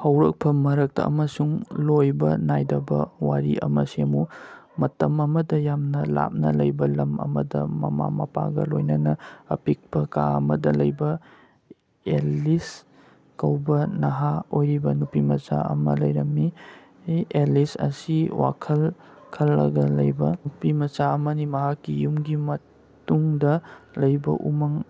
ꯍꯧꯔꯛꯐꯝ ꯃꯔꯛꯇ ꯑꯃꯁꯨꯡ ꯂꯣꯏꯕ ꯅꯥꯏꯗꯕ ꯋꯥꯔꯤ ꯑꯃ ꯁꯦꯝꯃꯨ꯫ ꯃꯇꯝ ꯑꯃꯗ ꯌꯥꯝꯅ ꯂꯥꯞꯅ ꯂꯩꯕ ꯂꯝ ꯑꯃꯗ ꯃꯃꯥ-ꯃꯄꯥꯒ ꯂꯣꯢꯅꯅꯥ ꯑꯄꯤꯛꯄꯥ ꯀꯥ ꯑꯃꯗ ꯂꯩꯕꯥ ꯑꯦꯂꯤꯁ ꯀꯧꯕꯥ ꯅꯍꯥ ꯑꯣꯏꯔꯤꯕ ꯅꯨꯄꯤꯃꯆꯥ ꯑꯃ ꯂꯩꯔꯝꯃꯤ꯫ ꯑꯦꯂꯤꯁ ꯑꯁꯤ ꯋꯥꯈꯜ ꯈꯜꯂꯒ ꯂꯩꯕ ꯅꯨꯄꯤꯃꯆꯥ ꯑꯃꯅꯤ ꯃꯍꯥꯛꯀꯤ ꯌꯨꯝꯒꯤ ꯃꯇꯨꯡꯗ ꯂꯩꯕꯥ ꯎꯃꯪ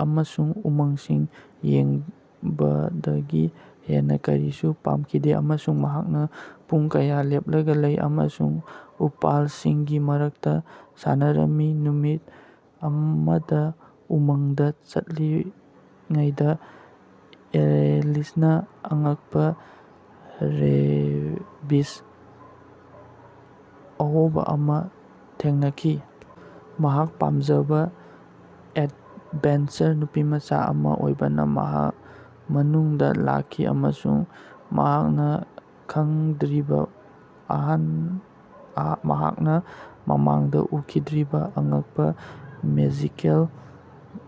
ꯑꯃꯁꯨꯡ ꯎꯃꯪꯁꯤꯡ ꯌꯦꯡꯕꯗꯒꯤ ꯍꯦꯟꯅ ꯀꯔꯤꯁꯨ ꯄꯥꯝꯈꯤꯗꯦ ꯑꯃꯁꯨꯡ ꯃꯍꯥꯛꯅ ꯄꯨꯡ ꯀꯌꯥ ꯂꯦꯞꯂꯒ ꯂꯩ ꯑꯃꯁꯨꯡ ꯎꯄꯥꯜꯁꯤꯡꯒꯤ ꯃꯔꯛꯇ ꯁꯥꯟꯅꯔꯝꯃꯤ꯫ ꯅꯨꯃꯤꯠ ꯑꯃꯗ ꯎꯃꯪꯗ ꯆꯠꯂꯤꯉꯩꯗ ꯑꯦꯂꯤꯁꯅ ꯑꯉꯛꯄ ꯔꯦꯕꯤꯖ ꯑꯍꯣꯕ ꯑꯃ ꯊꯦꯡꯅꯈꯤ꯫ ꯃꯍꯥꯛ ꯄꯥꯝꯖꯕ ꯑꯦꯗꯚꯦꯟꯆꯔ ꯅꯨꯄꯤꯃꯆꯥ ꯑꯃ ꯑꯣꯏꯕꯅ ꯃꯍꯥꯛ ꯃꯅꯨꯡꯗ ꯂꯥꯛꯈꯤ ꯑꯃꯁꯨꯡ ꯃꯍꯥꯛꯅ ꯈꯡꯗ꯭ꯔꯤꯕ ꯃꯍꯥꯛꯅ ꯃꯃꯥꯡꯗ ꯎꯈꯤꯗ꯭ꯔꯤꯕ ꯑꯉꯛꯄꯥ ꯃꯦꯖꯤꯀꯦꯜ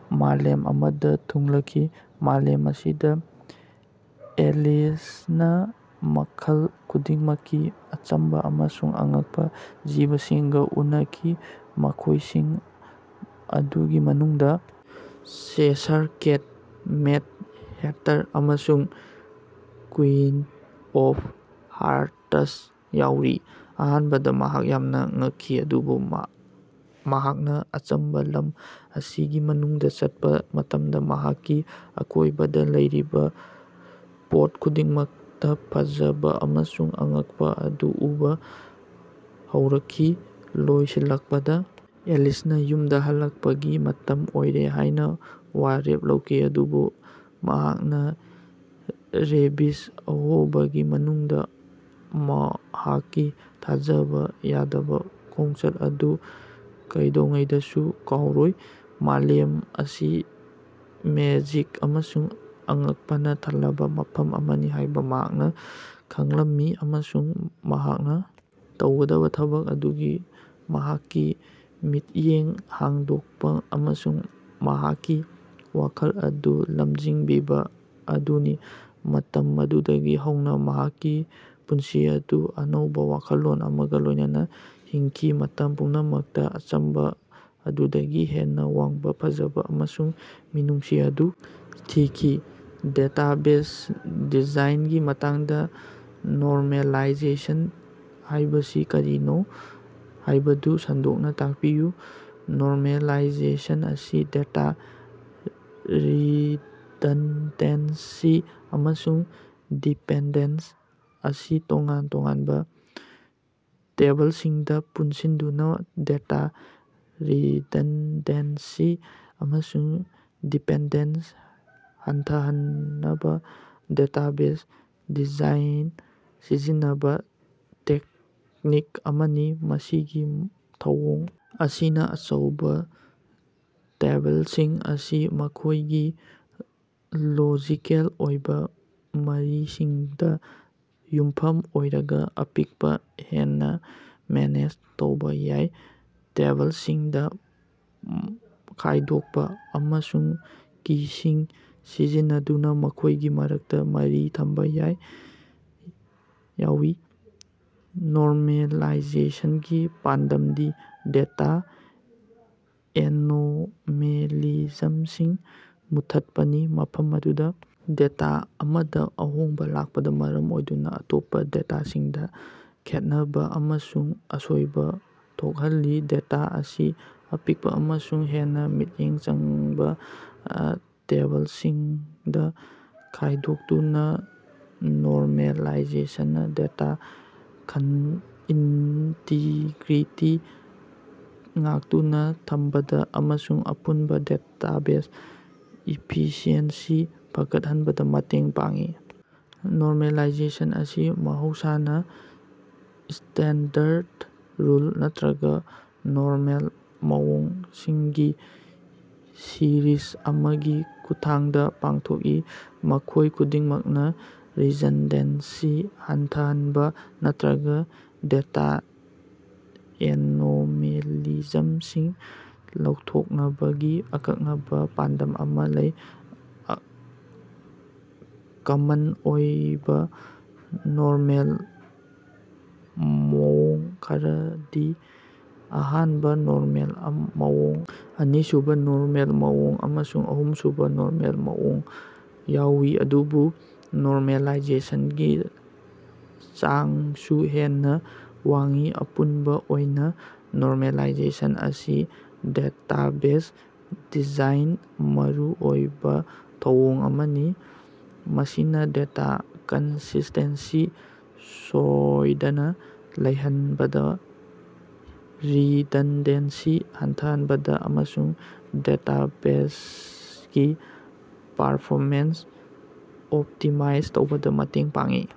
ꯃꯥꯂꯦꯝ ꯑꯃꯗ ꯊꯨꯡꯂꯈꯤ꯫ ꯃꯥꯂꯦꯝ ꯑꯁꯤꯗ ꯑꯦꯂꯤꯁꯅ ꯃꯈꯜ ꯈꯨꯗꯤꯡꯃꯛꯀꯤ ꯑꯆꯝꯕ ꯑꯃꯁꯨꯡ ꯑꯉꯛꯄ ꯖꯤꯕꯁꯤꯡꯒꯥ ꯎꯅꯈꯤ ꯃꯈꯣꯢꯁꯤꯡ ꯑꯗꯨꯒꯤ ꯃꯅꯨꯡꯗ ꯆꯦꯁꯥꯔ ꯀꯦꯠ, ꯃꯦꯗ ꯍꯦꯇꯔ ꯑꯃꯁꯨꯡ ꯀꯨꯏꯟ ꯑꯣꯐ ꯍꯥꯔꯇꯁ ꯌꯥꯎꯔꯤ꯫ ꯑꯍꯥꯟꯕꯗ ꯃꯍꯥꯛ ꯌꯥꯝꯅ ꯉꯛꯈꯤ ꯑꯗꯨꯕꯨ ꯃꯍꯥꯛꯅ ꯑꯆꯝꯕꯥ ꯂꯝ ꯑꯁꯤꯒꯤ ꯃꯅꯨꯡꯗ ꯆꯠꯄꯥ ꯃꯇꯝꯗ ꯃꯍꯥꯛꯀꯤ ꯑꯀꯣꯢꯕꯗ ꯂꯩꯔꯤꯕ ꯄꯣꯠ ꯈꯨꯗꯤꯡꯃꯛꯇ ꯐꯖꯕ ꯑꯃꯁꯨꯡ ꯑꯉꯛꯄ ꯑꯗꯨ ꯎꯕ ꯍꯧꯔꯛꯈꯤ꯫ ꯂꯣꯏꯁꯤꯜꯂꯛꯄꯗ ꯑꯦꯂꯤꯁꯅ ꯌꯨꯝꯗ ꯍꯜꯂꯛꯄꯒꯤ ꯃꯇꯝ ꯑꯣꯏꯔꯦ ꯍꯥꯢꯅ ꯋꯥꯔꯦꯞ ꯂꯧꯈꯤ ꯑꯗꯨꯕꯨ ꯃꯍꯥꯛꯅ ꯔꯦꯕꯤꯖ ꯑꯍꯣꯕꯒꯤ ꯃꯅꯨꯡꯗ ꯃꯍꯥꯛꯀꯤ ꯊꯥꯖꯕ ꯌꯥꯗꯕ ꯈꯣꯡꯆꯠ ꯑꯗꯨ ꯀꯩꯗꯧꯉꯩꯗꯁꯨ ꯀꯥꯎꯔꯣꯏ꯫ ꯃꯥꯂꯦꯝ ꯑꯁꯤ ꯃꯦꯖꯤꯛ ꯑꯃꯁꯨꯡ ꯑꯉꯛꯄꯅ ꯊꯜꯂꯕ ꯃꯐꯝ ꯑꯃꯅꯤ ꯍꯥꯢꯕ ꯃꯍꯥꯛꯅ ꯈꯡꯂꯝꯏ ꯑꯃꯁꯨꯡ ꯃꯍꯥꯛꯅ ꯇꯧꯒꯗꯕ ꯊꯕꯛ ꯑꯗꯨꯗꯤ ꯃꯍꯥꯛꯀꯤ ꯃꯤꯠꯌꯦꯡ ꯍꯥꯡꯗꯣꯛꯄ ꯑꯃꯁꯨꯡ ꯃꯍꯥꯛꯀꯤ ꯋꯥꯈꯜ ꯑꯗꯨ ꯂꯝꯖꯤꯡꯕꯤꯕ ꯑꯗꯨꯅꯤ꯫ ꯃꯇꯝ ꯑꯗꯨꯗꯒꯤ ꯍꯧꯅ ꯃꯍꯥꯛꯀꯤ ꯄꯨꯟꯁꯤ ꯑꯗꯨ ꯑꯅꯧꯕ ꯋꯥꯈꯜꯂꯣꯟ ꯑꯃꯒ ꯂꯣꯢꯅꯅꯥ ꯍꯤꯡꯈꯤ ꯃꯇꯝ ꯄꯨꯝꯅꯃꯛꯇ ꯑꯆꯝꯕ ꯑꯗꯨꯗꯒꯤ ꯍꯦꯟꯅ ꯋꯥꯡꯕ ꯐꯖꯕ ꯑꯃꯁꯨꯡ ꯃꯤꯅꯨꯡꯁꯤ ꯑꯗꯨ ꯊꯤꯈꯤ꯫ ꯗꯦꯇꯥꯕꯦꯖ ꯗꯤꯖꯥꯏꯟꯒꯤ ꯃꯇꯥꯡꯗ ꯅꯣꯔꯃꯦꯂꯥꯏꯖꯦꯁꯟ ꯍꯥꯢꯕꯁꯤ ꯀꯔꯤꯅꯣ ꯍꯥꯢꯕꯗꯨ ꯁꯟꯗꯣꯛꯅ ꯇꯥꯛꯄꯤꯌꯨ꯫ ꯅꯣꯔꯃꯦꯂꯥꯏꯖꯦꯁꯟ ꯑꯁꯤ ꯗꯦꯇꯥ ꯔꯤꯗꯟꯗꯦꯟꯁꯤ ꯑꯃꯁꯨꯡ ꯗꯤꯄꯦꯟꯗꯦꯟꯁ ꯑꯁꯤ ꯇꯣꯉꯥꯟ ꯇꯣꯉꯥꯟꯕ ꯇꯦꯕꯜꯁꯤꯡꯗ ꯄꯨꯟꯁꯤꯟꯗꯨꯅ ꯗꯦꯇꯥ ꯔꯤꯗꯟꯗꯦꯟꯁꯤ ꯑꯃꯁꯨꯡ ꯗꯤꯄꯦꯟꯗꯦꯟꯁ ꯍꯟꯊꯍꯟꯅꯕ ꯗꯦꯇꯥꯕꯦꯖ ꯗꯤꯖꯥꯏꯟꯗ ꯁꯤꯖꯤꯟꯅꯕ ꯇꯦꯛꯅꯤꯛ ꯑꯃꯅꯤ꯫ ꯃꯁꯤꯒꯤ ꯊꯧꯑꯣꯡ ꯑꯁꯤꯅ ꯑꯆꯧꯕꯥ ꯇꯦꯕꯜꯁꯤꯡ ꯑꯁꯤ ꯃꯈꯣꯢꯒꯤ ꯂꯣꯖꯤꯀꯦꯜ ꯑꯣꯏꯕ ꯃꯔꯤꯁꯤꯡꯗ ꯌꯨꯝꯐꯝ ꯑꯣꯏꯔꯒ ꯑꯄꯤꯛꯄ ꯍꯦꯟꯅ ꯃꯦꯅꯦꯖ ꯇꯧꯕꯥ ꯌꯥꯕ ꯇꯦꯕꯜꯁꯤꯡꯗ ꯈꯥꯢꯗꯣꯛꯄ ꯑꯃꯁꯨꯡ ꯀꯤ ꯁꯤꯡ ꯁꯤꯖꯤꯟꯅꯗꯨꯅ ꯃꯈꯣꯢꯒꯤ ꯃꯔꯛꯇ ꯃꯔꯤ ꯊꯝꯕ ꯌꯥꯎꯏ꯫ ꯅꯣꯔꯃꯦꯂꯥꯏꯖꯦꯁꯟꯒꯤ ꯄꯥꯟꯗꯝꯗꯤ ꯗꯦꯇꯥ ꯑꯦꯅꯣꯃꯦꯂꯤꯖꯝꯁꯤꯡ ꯃꯨꯠꯊꯠꯄꯅꯤ ꯃꯐꯝ ꯑꯗꯨꯗ ꯗꯦꯇꯥ ꯑꯃꯗ ꯑꯍꯣꯡꯕ ꯂꯥꯛꯄꯅ ꯃꯔꯝ ꯑꯣꯏꯗꯨꯅ ꯑꯇꯣꯞꯄ ꯗꯦꯇꯥꯁꯤꯡꯗ ꯈꯦꯠꯅꯕ ꯑꯃꯁꯨꯡ ꯑꯁꯣꯏꯕ ꯊꯣꯛꯍꯜꯂꯤ꯫ ꯗꯦꯇꯥ ꯑꯁꯤ ꯑꯄꯤꯛꯄ ꯑꯃꯁꯨꯡ ꯍꯦꯟꯅ ꯃꯤꯠꯌꯦꯡ ꯆꯪꯕ ꯇꯦꯕꯜꯁꯤꯡꯗ ꯈꯥꯢꯗꯣꯛꯇꯨꯅ ꯅꯣꯔꯃꯦꯂꯥꯏꯖꯦꯁꯟꯅ ꯗꯦꯇꯥ ꯏꯟꯇꯤꯒ꯭ꯔꯤꯇꯤ ꯉꯥꯛꯇꯨꯅ ꯊꯝꯕꯗ ꯑꯃꯁꯨꯡ ꯑꯄꯨꯟꯕ ꯗꯦꯇꯥꯕꯦꯖ ꯏꯐꯤꯁꯤꯑꯦꯟꯁꯤ ꯐꯒꯠꯍꯟꯕꯗ ꯃꯇꯦꯡ ꯄꯥꯡꯏ꯫ ꯅꯣꯔꯃꯦꯂꯥꯏꯖꯦꯁꯟ ꯑꯁꯤ ꯃꯍꯧꯁꯥꯅ ꯁ꯭ꯇꯦꯟꯗꯔꯗ ꯔꯨꯜ ꯅꯠꯇ꯭ꯔꯒ ꯅꯣꯔꯃꯦꯜ ꯃꯑꯣꯡ ꯁꯤꯡꯒꯤ ꯁꯤꯔꯤꯖ ꯑꯃꯒꯤ ꯈꯨꯠꯊꯥꯡꯗ ꯄꯥꯡꯊꯣꯛꯏ ꯃꯈꯣꯢ ꯈꯨꯗꯤꯡꯃꯛꯅ ꯔꯤꯗꯟꯗꯦꯟꯁꯤ ꯍꯟꯊꯍꯟꯕ ꯅꯠꯇ꯭ꯔꯒ ꯗꯦꯇꯥ ꯑꯦꯅꯣꯃꯦꯂꯤꯖꯝꯁꯤꯡ ꯂꯧꯊꯣꯛꯅꯕꯒꯤ ꯑꯀꯛꯅꯕ ꯄꯥꯟꯗꯝ ꯑꯃꯥ ꯂꯩ꯫ ꯀꯃꯟ ꯑꯣꯏꯕ ꯅꯣꯔꯃꯦꯜ ꯃꯑꯣꯡ ꯈꯔꯗꯤ ꯑꯍꯥꯟꯕ ꯅꯣꯔꯃꯦꯜ ꯃꯑꯣꯡ ꯑꯅꯤꯁꯨꯕ ꯅꯣꯔꯃꯦꯜ ꯃꯑꯣꯡ ꯑꯃꯁꯨꯡ ꯑꯍꯨꯝꯁꯨꯕ ꯅꯣꯔꯃꯦꯜ ꯃꯑꯣꯡ ꯌꯥꯎꯏ ꯑꯗꯨꯕꯨ ꯅꯣꯔꯃꯦꯂꯥꯏꯖꯦꯁꯟꯒꯤ ꯆꯥꯡꯁꯨ ꯍꯦꯟꯅ ꯋꯥꯡꯏ꯫ ꯑꯄꯨꯟꯕ ꯑꯣꯏꯅ ꯅꯣꯔꯃꯦꯂꯥꯏꯖꯦꯁꯟ ꯑꯁꯤ ꯗꯦꯇꯥꯕꯦꯖ ꯗꯤꯖꯥꯏꯟꯗ ꯃꯔꯨꯑꯣꯏꯕ ꯊꯧꯑꯣꯡ ꯑꯃꯅꯤ ꯃꯁꯤꯅ ꯗꯦꯇꯥ ꯀꯟꯁꯤꯁꯇꯦꯟꯁꯤ ꯁꯣꯢꯗꯅ ꯂꯩꯍꯟꯕꯗ ꯔꯤꯗꯟꯗꯦꯟꯁꯤ ꯍꯟꯊꯍꯟꯕꯗ ꯑꯃꯁꯨꯡ ꯗꯦꯇꯥꯕꯦꯖꯒꯤ ꯄꯔꯐꯣꯃꯦꯟꯁ ꯑꯣꯞꯇꯤꯃꯥꯏꯖ ꯇꯧꯕꯗ ꯃꯇꯦꯡ ꯄꯥꯡꯏ꯫